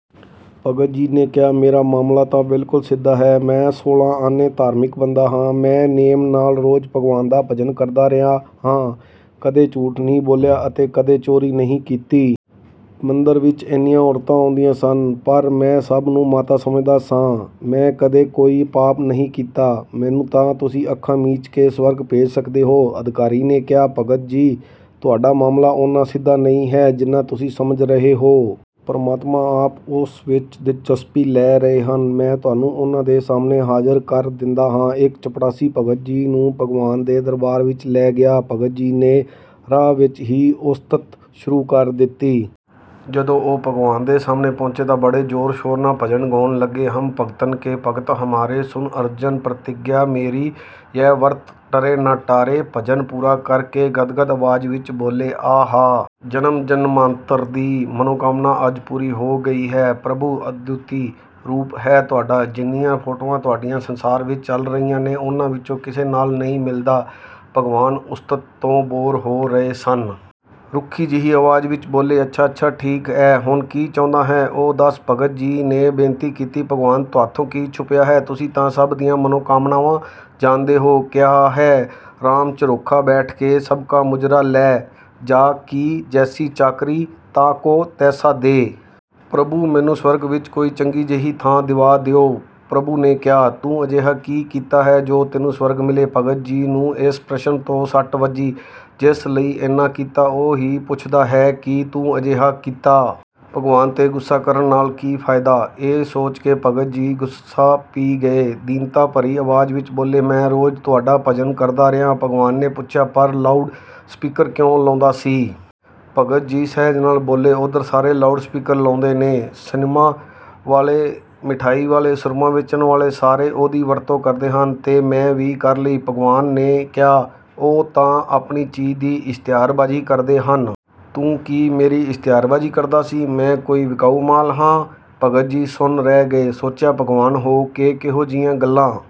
ਭਗਤ ਜੀ ਨੇ ਕਿਹਾ, "ਮੇਰਾ ਮਾਮਲਾ ਤਾਂ ਬਿਲਕੁਲ ਸਿੱਧਾ ਹੈ। ਮੈਂ ਸੋਲ੍ਹਾਂ ਆਨੇ ਧਾਰਮਿਕ ਬੰਦਾ ਹਾਂ। ਮੈਂ ਨੇਮ ਨਾਲ ਰੋਜ਼ ਭਗਵਾਨ ਦਾ ਭਜਨ ਕਰਦਾ ਰਿਹਾ ਹਾਂ। ਕਦੇ ਝੂਠ ਨਹੀਂ ਬੋਲਿਆ ਅਤੇ ਕਦੇ ਚੋਰੀ ਨਹੀਂ ਕੀਤੀ। ਮੰਦਿਰ ਵਿੱਚ ਇੰਨੀਆਂ ਔਰਤਾਂ ਆਉਂਦੀਆਂ ਸਨ, ਪਰ ਮੈਂ ਸਭ ਨੂੰ ਮਾਤਾ ਸਮਝਦਾ ਸਾਂ। ਮੈਂ ਕਦੇ ਕੋਈ ਪਾਪ ਨਹੀਂ ਕੀਤਾ। ਮੈਨੂੰ ਤਾਂ ਤੁਸੀਂ ਅੱਖਾਂ ਮੀਚ ਕੇ ਸਵਰਗ ਭੇਜ ਸਕਦੇ ਹੋ।" ਅਧਿਕਾਰੀ ਨੇ ਕਿਹਾ, "ਭਗਤ ਜੀ, ਤੁਹਾਡਾ ਮਾਮਲਾ ਓਨਾ ਸਿੱਧਾ ਨਹੀਂ ਹੈ, ਜਿੰਨਾ ਤੁਸੀਂ ਸਮਝ ਰਹੇ ਹੋ। ਪਰਮਾਤਮਾ ਆਪ ਉਸ ਵਿੱਚ ਦਿਲਚਸਪੀ ਲੈ ਰਹੇ ਹਨ। ਮੈਂ ਤੁਹਾਨੂੰ ਉਨ੍ਹਾਂ ਦੇ ਸਾਹਮਣੇ ਹਾਜ਼ਰ ਕਰ ਦਿੰਦਾ ਹਾਂ।" ਇੱਕ ਚਪੜਾਸੀ ਭਗਤ ਜੀ ਨੂੰ ਭਗਵਾਨ ਦੇ ਦਰਬਾਰ ਵਿੱਚ ਲੈ ਗਿਆ। ਭਗਤ ਜੀ ਨੇ ਰਾਹ ਵਿੱਚ ਹੀ ਉਸਤਤ ਸ਼ੁਰੂ ਕਰ ਦਿੱਤੀ। ਜਦੋਂ ਉਹ ਭਗਵਾਨ ਦੇ ਸਾਹਮਣੇ ਪਹੁੰਚੇ ਤਾਂ ਬੜੇ ਜ਼ੋਰ-ਸ਼ੋਰ ਨਾਲ ਭਜਨ ਗਾਉਣ ਲੱਗੇ: "ਹਮ ਭਗਤਨ ਕੇ ਭਗਤ ਹਮਾਰੇ, ਸੁਨ ਅਰਜਨ ਪ੍ਰਤਿੱਗਿਆ ਮੇਰੀ, ਯਹ ਵ੍ਰਤ ਟਰੈ ਨਾ ਟਾਰੇ।" ਭਜਨ ਪੂਰਾ ਕਰ ਕੇ ਗਦਗਦ ਆਵਾਜ਼ ਵਿੱਚ ਬੋਲੇ, "ਆਹਾ! ਜਨਮ-ਜਨਮਾਂਤਰ ਦੀ ਮਨੋਕਾਮਨਾ ਅੱਜ ਪੂਰੀ ਹੋ ਗਈ ਹੈ। ਪ੍ਰਭੂ, ਅਦੁੱਤੀ ਰੂਪ ਹੈ ਤੁਹਾਡਾ! ਜਿੰਨੀਆਂ ਫੋਟੋਆਂ ਤੁਹਾਡੀਆਂ ਸੰਸਾਰ ਵਿੱਚ ਚੱਲ ਰਹੀਆਂ ਨੇ, ਉਨ੍ਹਾਂ ਵਿੱਚੋਂ ਕਿਸੇ ਨਾਲ਼ ਨਹੀਂ ਮਿਲਦਾ।" ਭਗਵਾਨ ਉਸਤਤ ਤੋਂ 'ਬੋਰ' ਹੋ ਰਹੇ ਸਨ। ਰੁੱਖੀ ਜਿਹੀ ਆਵਾਜ਼ ਵਿੱਚ ਬੋਲੇ, "ਅੱਛਾ-ਅੱਛਾ ਠੀਕ ਐ। ਹੁਣ ਕੀ ਚਾਹੁੰਨਾ ਹੈਂ, ਉਹ ਦੱਸ?" ਭਗਤ ਜੀ ਨੇ ਬੇਨਤੀ ਕੀਤੀ, "ਭਗਵਾਨ, ਤੁਹਾਥੋਂ ਕੀ ਛੁਪਿਆ ਹੈ! ਤੁਸੀਂ ਤਾਂ ਸਭ ਦੀਆਂ ਮਨੋਕਾਮਨਾਵਾਂ ਜਾਣਦੇ ਹੋ! ਕਿਹਾ ਹੈ, 'ਰਾਮ, ਝਰੋਖਾ ਬੈਠ ਕੇ ਸਬਕਾ ਮੁਜਰਾ ਲੈ, ਜਾ ਕੀ ਜੈਸੀ ਚਾਕਰੀ ਤਾ ਕੋ ਤੈਸਾ ਦੇ!' ਪ੍ਰਭੂ, ਮੈਨੂੰ ਸਵਰਗ ਵਿੱਚ ਕੋਈ ਚੰਗੀ ਜਿਹੀ ਥਾਂ ਦਿਵਾ ਦਿਓ!" ਪ੍ਰਭੂ ਨੇ ਕਿਹਾ, "ਤੂੰ ਅਜਿਹਾ ਕੀ ਕੀਤਾ ਹੈ ਜੋ ਤੈਨੂੰ ਸਵਰਗ ਮਿਲੇ!" ਭਗਤ ਜੀ ਨੂੰ ਇਸ ਪ੍ਰਸ਼ਨ ਤੋਂ ਸੱਟ ਵੱਜੀ। ਜਿਸ ਲਈ ਇੰਨਾ ਕੀਤਾ, ਉਹੀ ਪੁੱਛਦਾ ਹੈ ਕਿ "ਤੂੰ ਅਜਿਹਾ ਕੀਤਾ!" ਭਗਵਾਨ 'ਤੇ ਗੁੱਸਾ ਕਰਨ ਨਾਲ ਕੀ ਫ਼ਾਇਦਾ? ਇਹ ਸੋਚ ਕੇ ਭਗਤ ਜੀ ਗੁੱਸਾ ਪੀ ਗਏ। ਦੀਨਤਾ ਭਰੀ ਆਵਾਜ਼ ਵਿੱਚ ਬੋਲੇ, "ਮੈਂ ਰੋਜ਼ ਤੁਹਾਡਾ ਭਜਨ ਕਰਦਾ ਰਿਹਾ।" ਭਗਵਾਨ ਨੇ ਪੁੱਛਿਆ, "ਪਰ ਲਾਊਡ ਸਪੀਕਰ ਕਿਉਂ ਲਾਉਂਦਾ ਸੀ?" ਭਗਤ ਜੀ ਸਹਿਜ ਨਾਲ ਬੋਲੇ, "ਉੱਧਰ ਸਾਰੇ ਲਾਊਡ ਸਪੀਕਰ ਲਾਉਂਦੇ ਨੇ। ਸਿਨਮਾ ਵਾਲੇ, ਮਿਠਾਈ ਵਾਲੇ, ਸੁਰਮਾ ਵੇਚਣ ਵਾਲੇ- ਸਾਰੇ ਉਹਦੀ ਵਰਤੋਂ ਕਰਦੇ ਹਨ, ਤੇ ਮੈਂ ਵੀ ਕਰ ਲਈ।" ਭਗਵਾਨ ਨੇ ਕਿਹਾ, "ਉਹ ਤਾਂ ਆਪਣੀ ਚੀਜ਼ ਦੀ ਇਸ਼ਤਿਹਾਰਬਾਜ਼ੀ ਕਰਦੇ ਹਨ। ਤੂੰ ਕੀ ਮੇਰੀ ਇਸ਼ਤਿਹਾਰਬਾਜ਼ੀ ਕਰਦਾ ਸੀ? ਮੈਂ ਕੋਈ ਵਿਕਾਊ ਮਾਲ ਹਾਂ?" ਭਗਤ ਜੀ ਸੁੰਨ ਰਹਿ ਗਏ। ਸੋਚਿਆ, ਭਗਵਾਨ ਹੋ ਕੇ ਕਿਹੋ ਜਿਹੀਆਂ ਗੱਲਾਂ